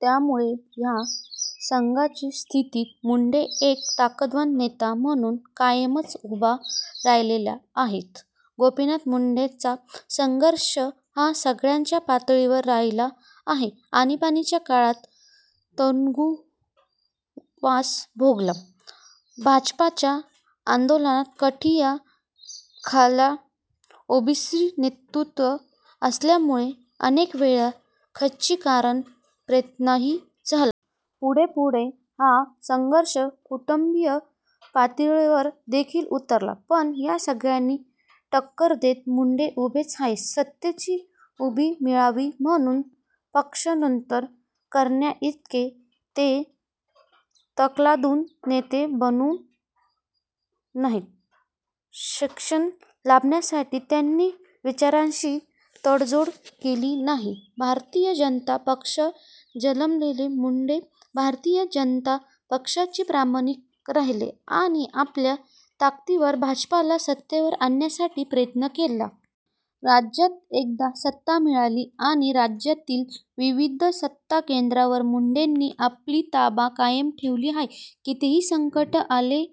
त्यामुळे या संघर्षाच्या स्थितीतही मुंडे एक ताकदवान नेता म्हणून कायमच उभे राहिलेले आहेत. गोपीनाथ मुंडेंचा संघर्ष हा सगळय़ाच पातळीवर राहिला आहे. आणीबाणीच्या काळात तुरुंगवास भोगला. भाजपाच्या आन्दोलनात काठय़ाही खाल्ल्या. ओबीसी नेतृत्व असल्यामुळे अनेकवेळा खच्चीकरणाचे प्रयत्नही झाले. पुढे-पुढे हा संघर्ष कौटुंबिक पातळीवरदेखील उतरला; पण या सगळय़ांना टक्कर देत मुंडे उभेच आहेत. सत्तेची ऊब मिळावी म्हणून पक्षान्तर करण्याइतके ते तकलादू नेते बनले नाहीत. क्षणिक लाभासाठी त्यांनी विचारांशी तडजोड केली नाही. भारतीय जनता पक्षात जन्मलेले मुंडे, भारतीय जनता पक्षाशीच प्रामाणिक राहिले आणि आपल्या ताकदीवर भाजपाला सत्तेवर आणण्यासाठी प्रयत्न केले. राज्यात एकदा सत्ता मिळाली आणि राज्यातील विविध सत्ताकेंद्रावर मुंडेंनी आपला ताबा कायम ठेवला आहे. कितीही संकटे आली,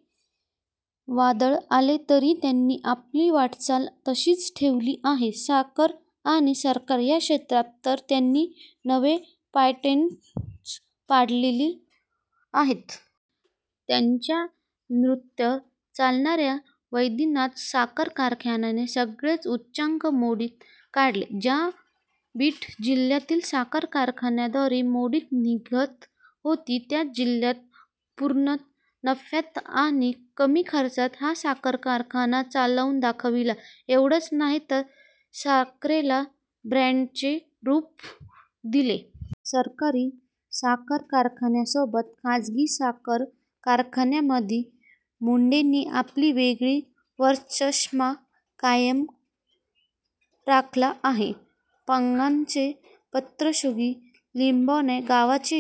वादळे आली तरी त्यांनी आपली वाटचाल तशीच ठेवलेली आहे. साखर आणि सहकार या क्षेत्रात तर त्यांनी नवे पायंडेच पाडले आहेत. त्यांच्या नेतृत्वात चालणाऱ्या वैद्यनाथ साखर कारखान्याने सगळेच उच्चांक मोडीत काढले. ज्या बीड जिल्ह्यातील साखर कारखानदारी मोडीत निघत होती, त्याच जिल्ह्यात पूर्णत नफ्यात आणि कमी खर्चात हा साखर कारखाना चालवून दाखविला. एवढंच नाहीतर साखरेला ब्रॅंडचे रूप दिले. सहकारी साखर कारखानदारीसोबत खासगी साखर कारखान्यांमध्येही मुंडेंनी आपला वेगळा वरचष्मा कायम राखला आहे. पानगावचा पन्नगेश्वर, लिम्बा गावचा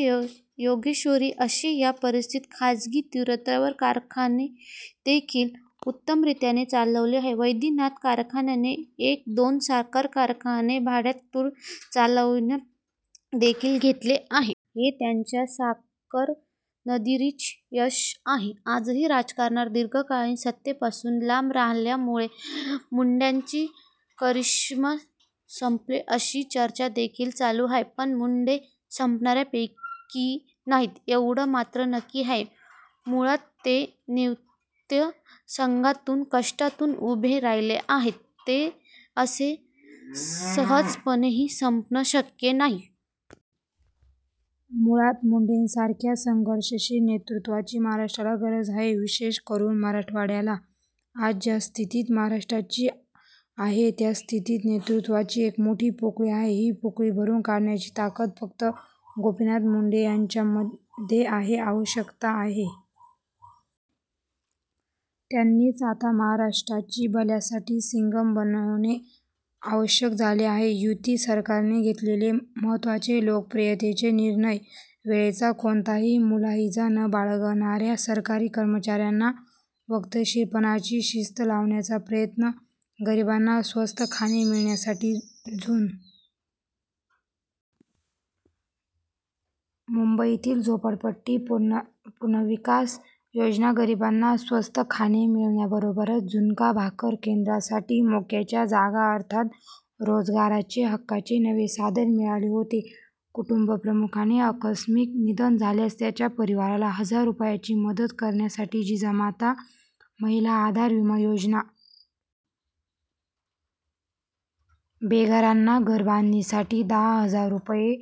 योगेश्वरी, अशी या परिसरात खासगी तत्त्वावरील कारखानेदेखील उत्तमरीतीने चालविले आहेत. वैद्यनाथ कारखान्याने एक-दोन साखर कारखान्यांना भाडेतत्त्वावर चालवायलादेखील घेतले आहे. हे त्यांच्या साखर कारखानदारीचे यश आहे. आज राजकारणात दीर्घकाळ सत्तेपासून लांब राहिल्यामुळे मुंडेंचा करिष्मा सम्पला, अशी चर्चादेखील चालू आहे. पण मुंडे संपणाऱ्यांपैकी नाहीत एवढे मात्र नक्की. मुळात जे नेतृत्व संघर्षातून, कष्टातून उभे राहिले आहे, ते असे सहजासहजी संपणे शक्य नाही. मुळात मुंडेंसारख्या संघर्षशील नेतृत्वाची महाराष्ट्राला गरज आहे. विशेष करून मराठवाडय़ाला. आज ज्या स्थितीत महाराष्ट्राची आहे त्या स्थितीत नेतृत्वाची एक मोठी पोकळी आहे. ही पोकळी भरून काढण्याची ताकद फक्त गोपीनाथ मुंडे यांच्यामध्ये आहे. आवश्यकता आहे ती मुंडेंनी आता सिंघम बनून समोर येण्याची. त्यांनीच आता महाराष्ट्राची भल्यासाठी सिंघम बनणे आवश्यक झाले आहे. युती सरकारने घेतलेले महत्त्वाचे लोकप्रियतेचे निर्णय: वेळेचा कोणताही मुलाहिजा न बाळगणाऱ्या सरकारी कर्मचाऱ्यांना वक्तशीरपणाची शिस्त लावण्याचा प्रयत्न. गरिबांना स्वस्त खाणे मिळण्यासाठी झुणका भाकर केंद्र योजना. मुम्बईतील झोपडपट्टी पुनर्विकास योजना. गरिबांना स्वस्त खाणे मिळण्याबरोबरच झुणका भाकर केंद्रांसाठी मोक्याच्या जागा अर्थात रोजगाराचे हक्काचे नवे साधन मिळाले होते. कुटुम्बप्रमुखाचे आकस्मिक निधन झाल्यास त्याच्या परिवाराला हजार रुपयांची मदत करण्यासाठी जिजामाता महिला आधार विमा योजना. बेघरांना घरबांधणीसाठी दहा हजार रुपये.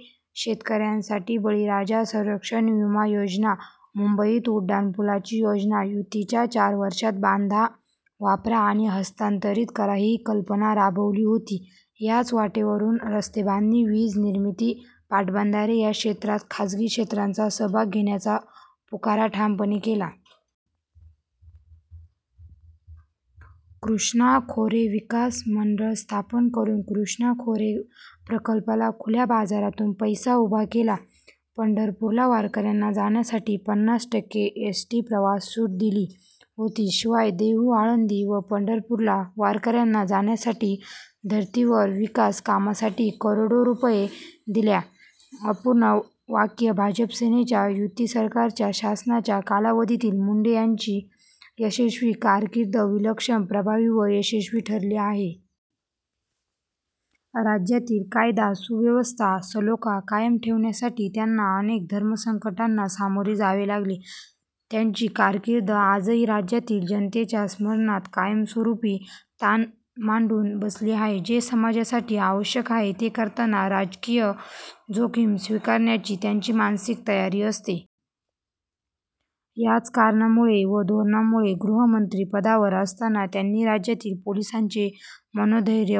शेतकऱ्यांसाठी बळीराजा संरक्षण विमा योजना. मुम्बईत उड्डाणपुलांची योजना. युतीच्या चार वर्षांत 'बांधा, वापरा आणि हस्तांतरित करा,' ही कल्पना राबवली होती. याच वाटेवरून रस्तेबांधणी, वीज निर्मिती, पाटबंधारे या क्षेत्रांत खाजगी क्षेत्रांचा सहभाग घेण्याचा पुकारा ठामपणे केला. कृष्णा खोरे विकास मण्डळ स्थापन करून कृष्णा खोरे प्रकल्पाला खुल्या बाजारातून पैसा उभा केला. पण्ढरपूरला वारकऱ्यांना जाण्यासाठी पन्नास टक्के एस. टी. प्रवासात सुट दिली होती. शिवाय देहू, आळन्दी व पण्ढरपूरला वारकऱ्यांना जाण्यासाठी धर्तीवर विकास कामासाठी करोडो रुपये दिल्या अपूर्ण वाक्य भाजप -सेनेच्या युतीसरकारच्या शासनाच्या कालावधीतील मुंडे यांची यशस्वी कारकीर्द विलक्षण प्रभावी व यशस्वी ठरली आहे. राज्यातील कायदा सुव्यवस्था सलोखा कायम ठेवण्यासाठी त्यांना अनेक धर्मसंकटांना सामोरे जावे लागले, त्यांची कारकीर्द आजही राज्यातील जनतेच्या स्मरणात कायम स्वरूपी ताण मांडून बसली आहे. जे समाजासाठी आवश्यक आहे ते करताना राजकीय जोखीम स्वीकारण्याची त्यांची मानसिक तयारी असते. याच कारणांमुळे व धोरणांमुळे गृहमंत्री पदावर असतांना त्यांनी राज्यातील पोलिसांचे मनोधैर्य वाढविले.